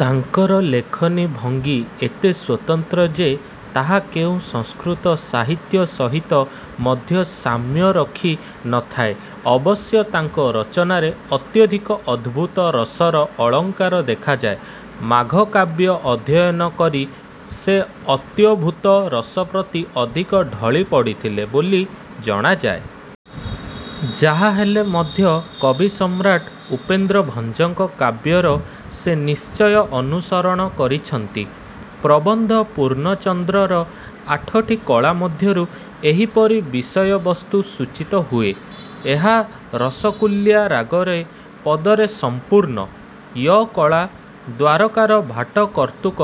ତାଙ୍କର ଲେଖନୀ ଭଙ୍ଗି ଏତେ ସ୍ୱତନ୍ତ୍ର ଯେ ତାହା କେଉଁ ସଂସ୍କୃତ ସାହିତ୍ୟ ସହିତ ମଧ୍ୟ ସାମ୍ୟ ରଖି ନ ଥାଏ, ଅବଶ୍ୟ ତାଙ୍କ ରଚନାରେ ଅତ୍ୟଧିକ ଅଦ୍ଭୁତ ରସର ଅଳଙ୍କାର ଦେଖାଯାଏ, ମାଘ କାବ୍ୟ ଅଧ୍ୟୟନ କରି ସେ ଅତ୍ୟଦ୍ଭୁତ ରସ ପ୍ରତି ଅଧିକ ଢଳି ପଡ଼ିଥିଲେ ବୋଲି ଜଣାଯାଏ। ଯାହାହେଲେ ମଧ୍ୟ କବିସମ୍ରାଟ ଉପେନ୍ଦ୍ର ଭଞ୍ଜଙ୍କ କାବ୍ୟର ସେ ନିଶ୍ଚୟ ଅନୁସରଣ କରିଛନ୍ତି। ପ୍ରବନ୍ଧ ପୂର୍ଣ୍ଣଚନ୍ଦ୍ରର ଆଠଟି କଳା ମଧ୍ୟରୁ ଏହିପରି ବିଷୟବସ୍ତୁ ସୂଚିତ ହୁଏ। ଏହା ରସକୁଲ୍ୟା ରାଗରେ ପଦରେ ସଂପୂର୍ଣ୍ଣ। ୟ କଳା-ଦ୍ୱାରକାର ଭାଟ କର୍ତ୍ତୃକ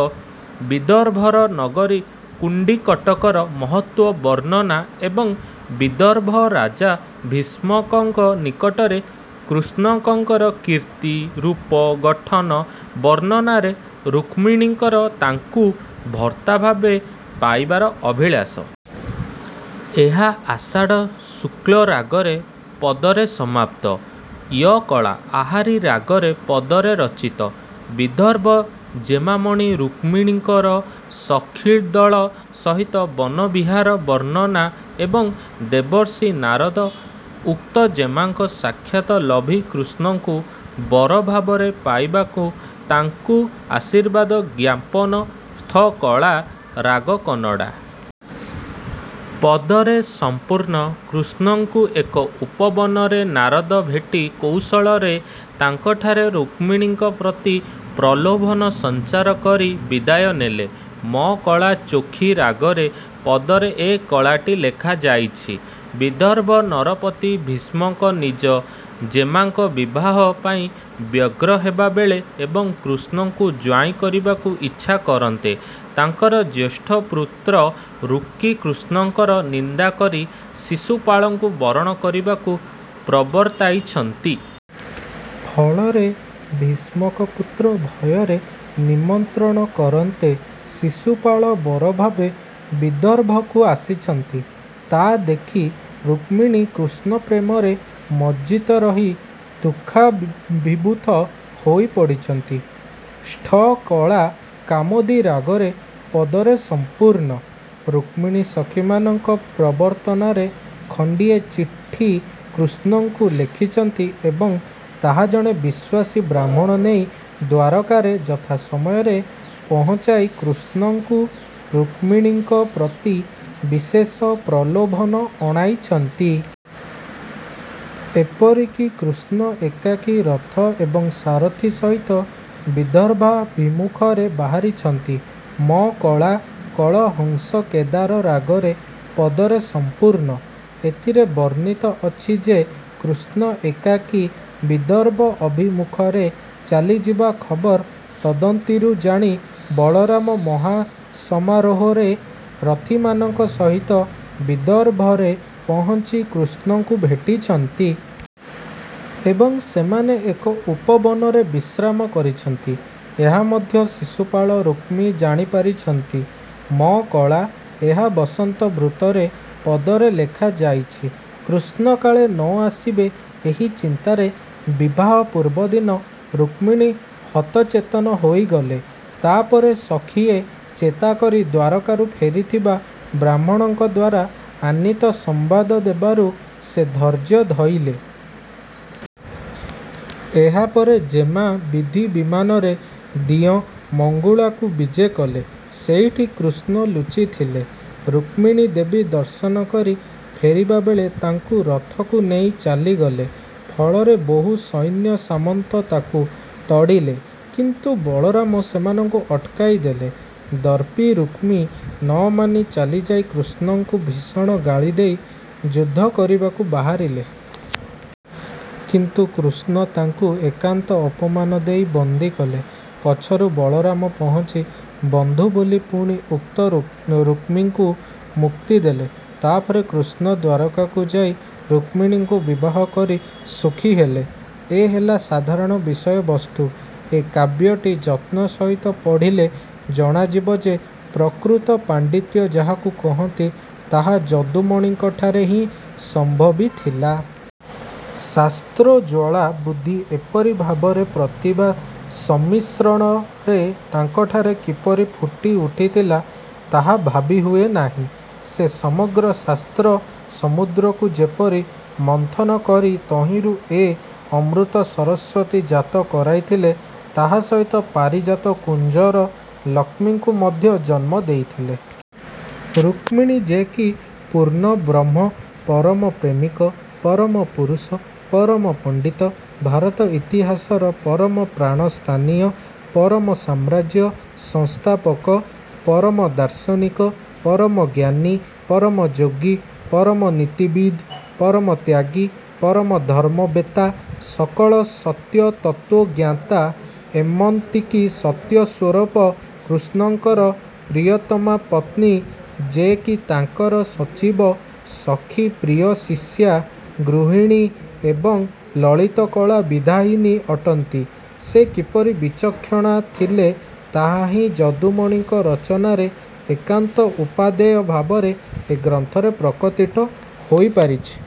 ବିଦର୍ଭର ନଗରୀ କୁଣ୍ଡିକଟକର ମହତ୍ତ୍ୱ ବର୍ଣ୍ଣନା ଏବଂ ବିଦର୍ଭ ରାଜା ଭୀଷ୍ମକଙ୍କ ନିକଟରେ କୃଷ୍ଣଙ୍କର କୀର୍ତ୍ତି, ରୂପ, ଗଠନ ବର୍ଣ୍ଣନାରେ ରୁକ୍ମଣୀଙ୍କର ତାଙ୍କୁ ଭର୍ତ୍ତା ଭାବେ ପାଇବାର ଅଭିଳାଷ। ଏହା ଆଷାଢ଼ ଶୁକ୍ଲ ରାଗରେ ପଦରେ ସମାପ୍ତ। ୟ କଳା-ଆହାରି ରାଗରେ ପଦରେ ରଚିତ। ବିଦର୍ଭ ଜେମାମଣି ରୁକ୍ମିଣୀଙ୍କର ସଖିଦଳ ସହିତ ବନ ବିହାର ବର୍ଣ୍ଣନା ଏବଂ ଦେବର୍ଷି ନାରଦ ଉକ୍ତ ଜେମାଙ୍କ ସାକ୍ଷାତ ଲଭି କୃଷ୍ଣଙ୍କୁ ବରଭାବରେ ପାଇବାକୁ ତାଙ୍କୁ ଆଶୀର୍ବାଦ ଜ୍ଞାପନ। ର୍ଥ କଳା-ରାଗ କନଡ଼ା। ପଦରେ। ସଂପୂର୍ଣ୍ଣ। କୃଷ୍ଣଙ୍କୁ ଏକ ଉପବନରେ ନାରଦ ଭେଟି, କୌଶଳରେ ତାଙ୍କଠାରେ ରୁକ୍ମିଣୀଙ୍କ ପ୍ରତି ପ୍ରଲୋଭନ ସଂଚାର କରି ବିଦାୟ ନେଲେ। ମ କଳା-ଚୋଖୀ ରାଗରେ ପଦରେ ଏ କଳାଟି ଲେଖାଯାଇଛି। -ବିଦର୍ଭ ନରପତି ଭୀଷ୍ମକ ନିଜଜେମାଙ୍କ ବିବାହ ପାଇଁ ବ୍ୟଗ୍ର ହେବା ବେଳେ ଏବଂ କୃଷ୍ଣଙ୍କୁ ଜ୍ୱାଇଁ କରିବାକୁ ଇଚ୍ଛା କରନ୍ତେ ତାଙ୍କର ଜ୍ୟେଷ୍ଠପୁତ୍ର ରୁକ୍ମୀ କୃଷ୍ଣଙ୍କର ନିନ୍ଦାକତି ଶିଶୁପାଳଙ୍କୁ ବରଣ କରିବାକୁ ପ୍ରବର୍ତ୍ତାଇଛନ୍ତି। ଫଳରେ ଭୀଷ୍ମକ ପୁତ୍ର ଭୟରେ ନିମନ୍ତ୍ରଣ କରନ୍ତେ ଶିଶୁପାଳ ବରଭାବେ ବିଦର୍ଭକୁ ଆସିଛନ୍ତି। ତା ଦେଖି ରୁକ୍ମିଣୀ କୃଷ୍ଣ ପ୍ରେମରେ ମଜ୍ଜିତ ରହି ଦୁଃଖାଭିଭୂତ ହୋଇ ପଡ଼ିଛନ୍ତି-। ଷ୍ଠ କଳା- କାମୋଦି ରାଗରେ ପଦରେ ସଂପୂର୍ଣ୍ଣ। - ରୁକ୍ମିଣୀ ସଖିମାନଙ୍କ ପ୍ରବର୍ତ୍ତନାରେ ଖଣ୍ଡିଏ ଚିଠି କୃଷ୍ଣଙ୍କୁ ଲେଖିଛନ୍ତି ଏବଂ ତାହା ଜଣେ ବିଶ୍ୱାସୀ ବ୍ରାହ୍ମଣ ନେଇ ଦ୍ୱାରକାରେ ଯଥା ସମୟରେ ପହଞ୍ଚାଇ, କୃଷ୍ଣଙ୍କୁ ରୁକ୍ମିଣୀଙ୍କ ପ୍ରତି ବିଶେଷ ପ୍ରଲୋଭନ ଅଣାଇଛନ୍ତି। ଏପରିକି କୃଷ୍ଣ ଏକାକୀ ରଥ ଏବଂ ସାରଥୀ ସହିତ ବିଦର୍ଭାଭିମୁଖରେ ବାହାରିଛନ୍ତି। ମ କଳା-କଳହଂସକେଦାର ରାଗରେ ପଦରେ ସଂପୂର୍ଣ୍ଣ। ଏଥିରେ ବର୍ଣ୍ଣିତ ଅଛି ଯେ କୃଷ୍ଣ ଏକାକୀ ବିଦର୍ଭ ଅଭିମୁଖରେ ଚାଲିଯିବା ଖବର ତଦନ୍ତିରୁ ଜାଣି, ବଳରାମ ମହାସମାରୋହରେ ରଥିମାନଙ୍କ ସହିତ ବିଦର୍ଭରେ ପହଞ୍ଚି କୃଷ୍ଣଙ୍କୁ ଭେଟିଛନ୍ତି। ଏବଂ ସେମାନେ ଏକ ଉପବନରେ ବିଶ୍ରାମ କରିଛନ୍ତି। ଏହା ମଧ୍ୟ ଶିଶୁପାଳ, ରୁକ୍ମୀ ଜାଣିପାରିଛନ୍ତି। ମ କଳା-ଏହା ବସନ୍ତ ବୃତ୍ତରେ ପଦରେ ଲେଖାଯାଇଛି। -କୃଷ୍ଣ କାଳେ ନ ଆସିବେ ଏହି ଚିନ୍ତାରେ ବିବାହ ପୂର୍ବଦିନ ରୁକ୍ମିଣୀ ହତଚେତନ ହୋଇଗଲେ। ତା ପରେ ସଖିଏ ଚେତାକରି ଦ୍ୱାରକାରୁ ଫେରିଥିବା ବ୍ରାହ୍ମଣଙ୍କଦ୍ୱାରା ଆନୀତ ସମ୍ବାଦ ଦେବାରୁ ସେ ଧୈର୍ଯ୍ୟ ଧଇଲେ। ଏହାପରେ ଜେମା ବିଧି ବିଧାନରେ ଦିଅଁ ମଙ୍ଗୁଳାକୁ ବିଜେକଲେ। ସେଇଠି କୃଷ୍ଣ ଲୁଚିଥିଲେ। ରୁକ୍ମିଣୀ ଦେବୀ ଦର୍ଶନ କରି ଫେରିବା ବେଳେ ତାଙ୍କୁ ରଥକୁ ନେଇ ଚାଲିଗଲେ। ଫଳରେ ବହୁ ସୈନ୍ୟ ସାମନ୍ତ ତାଙ୍କୁ ତଡ଼ିଲେ। କିନ୍ତୁ ବଳରାମ ସେମାନଙ୍କୁ ଅଟକାଇ ଦେଲେ। ଦର୍ପି ରୁକ୍ମୀ ନମାନି ଚାଲିଯାଇ କୃଷ୍ଣଙ୍କୁ ଭୀଷଣ ଗାଳିଦେଇ ଯୁଦ୍ଧ କରିବାକୁ ବାହାରିଲେ। କିନ୍ତୁ କୃଷ୍ଣ ତାଙ୍କୁ ଏକାନ୍ତ ଅପମାନ ଦେଇ ବନ୍ଦିକଲେ। ପଛରୁ ବଳରାମ ପହଞ୍ଚି ବନ୍ଧୁ ବୋଲି ପୁଣି ଉକ୍ତ ରୁକ୍ମୀଙ୍କୁ ମୁକ୍ତିଦେଲେ। ତା ପରେ କୃଷ୍ଣ ଦ୍ୱାରକାକୁ ଯାଇ ରୁକ୍ମିଣୀଙ୍କୁ ବିବାହ କରି ସୁଖୀ ହେଲେ। ଏ ହେଲା ସାଧାରଣ ବିଷୟ ବସ୍ତୁ। ଏ କାବ୍ୟଟି ଯତ୍ନ ସହିତ ପଢ଼ିଲେ ଜଣାଯିବ ଯେ ପ୍ରକୃତ ପାଣ୍ଡିତ୍ୟ ଯାହାକୁ କହନ୍ତି, ତାହା ଯଦୁମଣିଙ୍କଠାରେ ହିଁ ସମ୍ଭବିଥିଲା। ଶାସ୍ତ୍ରୋଜ୍ୱଳା ବୁଦ୍ଧି ଏପରି ଭାବରେ ପ୍ରତିଭା ସମ୍ମିଶ୍ରଣରେ ତାଙ୍କଠାରେ କିପରି ଫୁଟି ଉଠିଥିଲା, ତାହା ଭାବି ହୁଏନାହିଁ। ସେ ସମଗ୍ର ଶାସ୍ତ୍ର - ସମୁଦ୍ରକୁ ଯେପରି ମନ୍ଥନ କରି ତହିଁରୁ ଏ ଅମୃତ ସରସ୍ୱତୀ ଜାତ କରାଇ ଥିଲେ, ତା ସହିତ ପାରିଜାତ କୁଞ୍ଜର ଲକ୍ଷ୍ମୀଙ୍କୁ ମଧ୍ୟ ଜନ୍ମ ଦେଇଥିଲେ। ରୁକ୍ମିଣୀ ଯେ କି ପୂର୍ଣ୍ଣବ୍ରହ୍ମ, ପରମପ୍ରେମିକ, ପରମ ପୁରୁଷ, ପରମ ପଣ୍ଡିତ, ଭାରତ ଇତିହାସର ପରମ ପ୍ରାଣସ୍ଥାନୀୟ, ପରମ ସାମ୍ରାଜ୍ୟ ସଂସ୍ଥାପକ, ପରମ ଦାର୍ଶନିକ, ପରମ ଜ୍ଞାନୀ, ପରମ ଯୋଗୀ, ପରମ ନୀତିବିଦ୍, ପରମ ତ୍ୟାଗୀ, ପରମ ଧର୍ମ୍ମବେତ୍ତା, ସକଳ ସତ୍ୟତତ୍ତ୍ୱଜ୍ଞାତା ଏମନ୍ତକି ସତ୍ୟ ସ୍ୱରୁପ କୃଷ୍ଣଙ୍କର ପ୍ରିୟତମା ପତ୍ନୀ, ଯେ କି ତାଙ୍କର ସଚୀବ, ସଖୀ ପ୍ରିୟଶିଷ୍ୟା, ଗୃହିଣୀ ଏବଂ ଲଳିତକଳା ବିଧାୟିନୀ ଅଟନ୍ତି, ସେ କିପରି ବିଚକ୍ଷଣା ଥିଲେ, ତାହା ହିଁ ଯଦୁମଣିଙ୍କ ରଚନାରେ ଏକାନ୍ତ ଉପାଦେୟ ଭାବରେ ଏ ଗ୍ରନ୍ଥରେ ପ୍ରକଟିତ ହୋଇ ପାରିଛି।